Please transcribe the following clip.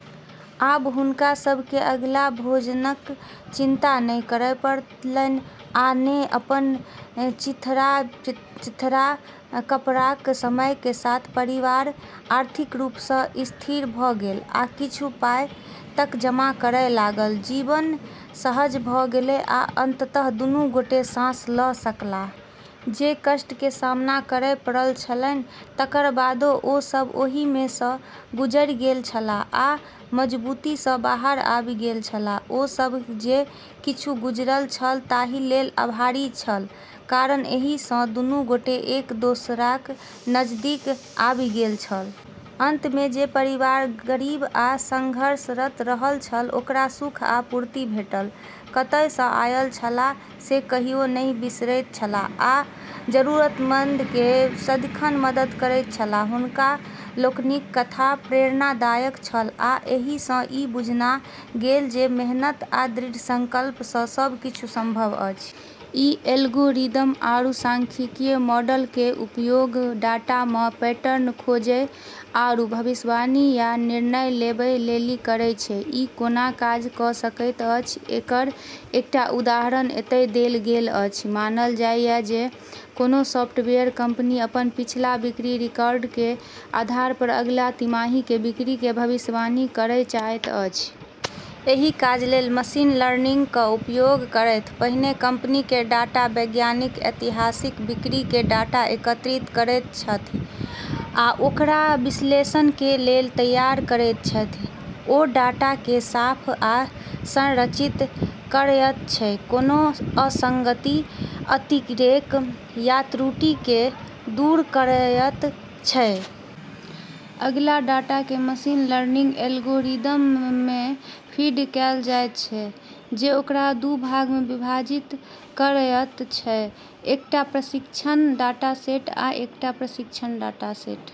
आब हुनका सभकेँ अगिला भोजनक चिन्ता नहि करय पड़लनि आ ने अपन चीथड़ा-चीथड़ा कपड़ाक। समय के साथ परिवार आर्थिक रूप स स्थिर भ गेल आ किछु पाइ तक जमा करय लागल। जीवन सहज भ' गेलै, आ अंततः दुनू गोटे साँस ल' सकलाह। जे कष्ट के सामना करय पड़ल छलनि तकर बादो ओ सब ओहि मे स गुजरि गेल छलाह आ मजबूती स बाहर आबि गेल छलाह। ओ सभ जे किछु गुजरल छल, ताहि लेल आभारी छल, कारण एहि सँ दुनू गोटे एक दोसराक नजदीक आबि गेल छल। अंत मे जे परिवार गरीब आ संघर्षरत रहल छल ओकरा सुख आ पूर्ति भेटल। कतय स आयल छलाह से कहियो नहि बिसरैत छलाह आ जरूरतमंद के सदिखन मदद करैत छलाह। हुनका लोकनिक कथा प्रेरणादायक छल, आ एहि सँ ई बुझना गेल जे मेहनत आ दृढ़ संकल्प सँ सब किछु संभव अछि। ई एल्गोरिदम आरू सांख्यिकीय मॉडल के उपयोग डाटा म॑ पैटर्न खोजै आरू भविष्यवाणी या निर्णय लेबै लेली करै छै। ई कोना काज क सकैत अछि एकर एकटा उदाहरण एतय देल गेल अछि: मानल जाय जे कोनो सॉफ्टवेयर कंपनी अपन पिछला बिक्री रिकॉर्ड के आधार पर अगिला तिमाही के बिक्री के भविष्यवाणी करय चाहैत अछि. एहि काज लेल मशीन लर्निंग क उपयोग करथि। पहिने कंपनी के डाटा वैज्ञानिक ऐतिहासिक बिक्री के डाटा एकत्रित करैत छथि आ ओकरा विश्लेषण के लेल तैयार करैत छथि. ओ डाटा कें साफ आ संरचित करयत छै, कोनों असंगति, अतिरेक या त्रुटि कें दूर करयत छै. अगिला, डाटा कें मशीन लर्निंग एल्गोरिदम मे फीड कैल जायत छै, जे ओकरा दू भाग मे विभाजित करयत छै: एकटा प्रशिक्षण डाटा सेट आ एकटा परीक्षण डाटा सेट.